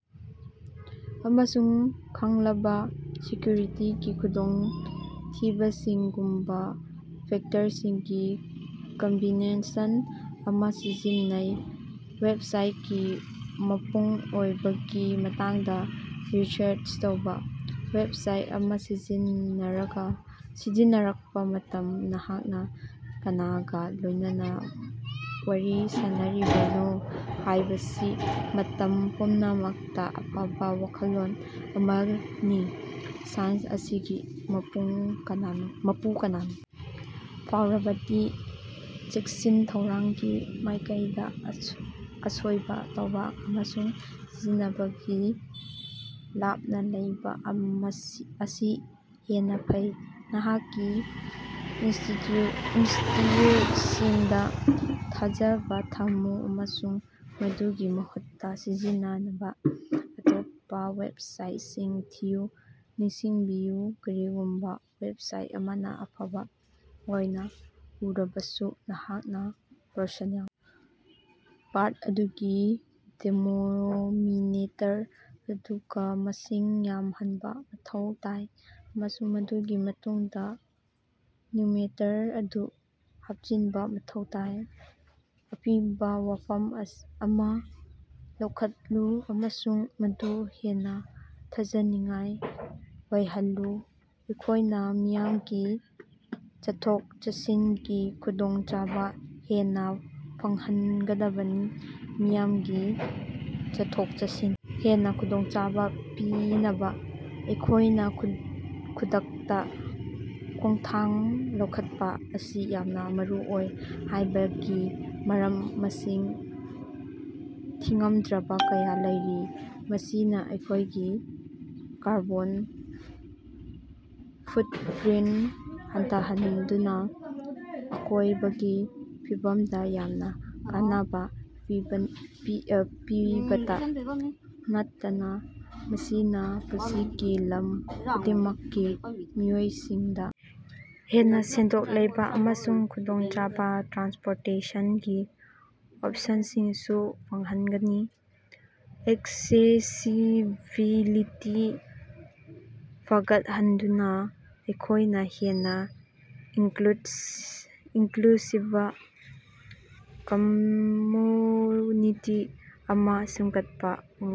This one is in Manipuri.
ꯑꯃꯁꯨꯡ ꯈꯪꯂꯕ ꯁꯦꯀ‌꯭ꯌꯨꯔꯤꯇꯤꯒꯤ ꯈꯨꯗꯣꯡꯊꯤꯕꯁꯤꯡꯒꯨꯝꯕ ꯐꯦꯛꯇꯔꯁꯤꯡꯒꯤ ꯀꯝꯕꯤꯅꯦꯁꯟ ꯑꯃꯥ ꯁꯤꯖꯤꯟꯅꯩ꯫ ꯋꯦꯕꯁꯥꯏꯠꯀꯤ ꯃꯄꯨꯡ ꯑꯣꯏꯕꯒꯤ ꯃꯇꯥꯡꯗꯥ ꯔꯤꯁꯔꯆ ꯇꯧꯕ: ꯋꯦꯕꯁꯥꯏꯠ ꯑꯃ ꯁꯤꯖꯤꯟꯅꯔꯛꯄ ꯃꯇꯝꯗ ꯅꯍꯥꯛꯅ ꯀꯅꯥꯒ ꯂꯣꯏꯅꯅ ꯋꯥꯔꯤ ꯁꯥꯅꯔꯤꯕꯅꯣ ꯍꯥꯏꯕꯁꯤ ꯃꯇꯝ ꯄꯨꯝꯅꯃꯛꯇ ꯑꯐꯕꯥ ꯋꯥꯈꯜꯂꯣꯟ ꯑꯃꯅꯤ꯫ ꯁꯥꯏꯠ ꯑꯁꯤꯒꯤ ꯃꯄꯨ ꯀꯅꯥꯅꯣ ꯐꯥꯎꯔꯕꯗꯤ, ꯆꯦꯛꯁꯤꯟ ꯊꯧꯔꯥꯡꯒꯤ ꯃꯥꯏꯀꯩꯗ ꯑꯁꯣꯏꯕ ꯇꯧꯕ ꯑꯃꯁꯨꯡ ꯁꯤꯖꯤꯟꯅꯕꯗꯒꯤ ꯂꯥꯞꯅ ꯂꯩꯕ ꯑꯁꯤ ꯍꯦꯟꯅ ꯐꯩ꯫ ꯅꯍꯥꯛꯀꯤ ꯏꯟꯁ꯭ꯇꯤꯠꯌꯨꯠꯁꯤꯡꯗ ꯊꯥꯖꯕ ꯊꯝꯃꯨ ꯑꯃꯁꯨꯡ ꯃꯗꯨꯒꯤ ꯃꯍꯨꯠꯇ ꯁꯤꯖꯤꯟꯅꯅꯕ ꯑꯇꯣꯞꯄ ꯋꯦꯕꯁꯥꯏꯠꯁꯤꯡ ꯊꯤꯌꯨ꯫ ꯅꯤꯡꯁꯤꯡꯕꯤꯌꯨ, ꯀꯔꯤꯒꯨꯝꯕ ꯋꯦꯕꯁꯥꯏꯠ ꯑꯃꯅ ꯁꯥꯐꯕ ꯑꯣꯏꯅ ꯎꯔꯕꯁꯨ, ꯅꯍꯥꯛꯅ ꯄꯔꯁꯣꯅꯦꯜ ꯄꯥꯔꯠ ꯑꯗꯨꯒꯤ ꯗꯦꯅꯣꯃꯤꯅꯦꯇꯔ ꯑꯗꯨꯒ ꯃꯁꯤꯡ ꯌꯥꯝꯍꯟꯕ ꯃꯊꯧ ꯇꯥꯏ ꯑꯃꯁꯨꯡ ꯃꯗꯨꯒꯤ ꯃꯇꯨꯡꯗ ꯅ꯭ꯌꯨꯃꯔꯦꯇꯔ ꯑꯗꯨ ꯍꯥꯞꯆꯤꯟꯕ ꯃꯊꯧ ꯇꯥꯏ꯫ ꯑꯄꯤꯕ ꯋꯥꯐꯝ ꯑꯃ ꯂꯧꯈꯠꯂꯨ ꯑꯃꯁꯨꯡ ꯃꯗꯨ ꯍꯦꯟꯅ ꯊꯥꯖꯅꯤꯡꯉꯥꯏ ꯑꯣꯏꯍꯜꯂꯨ꯫ ꯑꯩꯈꯣꯏꯅ ꯃꯤꯌꯥꯝꯒꯤ ꯆꯠꯊꯣꯛ-ꯆꯠꯁꯤꯟꯒꯤ ꯈꯨꯗꯣꯡꯆꯥꯕ ꯍꯦꯟꯅ ꯐꯪꯍꯟꯒꯗꯕꯅꯤ꯫ ꯃꯤꯌꯥꯝꯒꯤ ꯆꯠꯊꯣꯛ-ꯆꯠꯁꯤꯟ ꯍꯦꯟꯅ ꯈꯨꯗꯣꯡꯆꯥꯕ ꯄꯤꯅꯕ ꯑꯩꯈꯣꯏꯅ ꯈꯨꯗꯛꯇ ꯈꯣꯡꯊꯥꯡ ꯂꯧꯈꯠꯄ ꯑꯁꯤ ꯌꯥꯝꯅ ꯃꯔꯨ ꯑꯣꯏ ꯍꯥꯏꯕꯒꯤ ꯃꯔꯝ ꯃꯁꯤꯡ ꯊꯤꯉꯝꯗ꯭ꯔꯕ ꯀꯌꯥ ꯂꯩꯔꯤ꯫ ꯃꯁꯤꯅ ꯑꯩꯈꯣꯏꯒꯤ ꯀꯥꯔꯕꯣꯟ ꯐꯨꯠꯄꯔꯤꯟꯠ ꯍꯟꯊꯍꯟꯗꯨꯅ ꯑꯀꯣꯏꯕꯒꯤ ꯐꯤꯕꯝꯗ ꯌꯥꯝꯅ ꯀꯥꯟꯅꯕ ꯄꯤꯕꯇ ꯅꯠꯇꯅ ꯃꯁꯤꯅ ꯄꯨꯟꯁꯤꯒꯤ ꯂꯝ ꯈꯨꯗꯤꯡꯃꯛꯀꯤ ꯃꯤꯑꯣꯏꯁꯤꯡꯗ ꯍꯦꯟꯅ ꯁꯦꯟꯗꯣꯡ ꯂꯩꯕ ꯑꯃꯁꯨꯡ ꯈꯨꯗꯣꯡꯆꯥꯕ ꯇ꯭ꯔꯥꯟꯁꯄꯣꯔꯇꯦꯁꯟꯒꯤ ꯑꯣꯞꯁꯟꯁꯤꯡꯁꯨ ꯐꯪꯍꯟꯒꯅꯤ꯫ ꯑꯦꯛꯁꯦꯁꯤꯕꯤꯂꯤꯇꯤ ꯐꯒꯠꯍꯟꯗꯨꯅ ꯑꯩꯈꯣꯏꯅ ꯍꯦꯟꯅ ꯏꯟꯀ꯭ꯂꯨꯁꯤꯕ ꯀꯝꯃ‍꯭ꯌꯨꯅꯤꯇꯤ ꯑꯃꯥ ꯁꯦꯝꯒꯠꯄ ꯉꯝꯒꯅꯤ꯫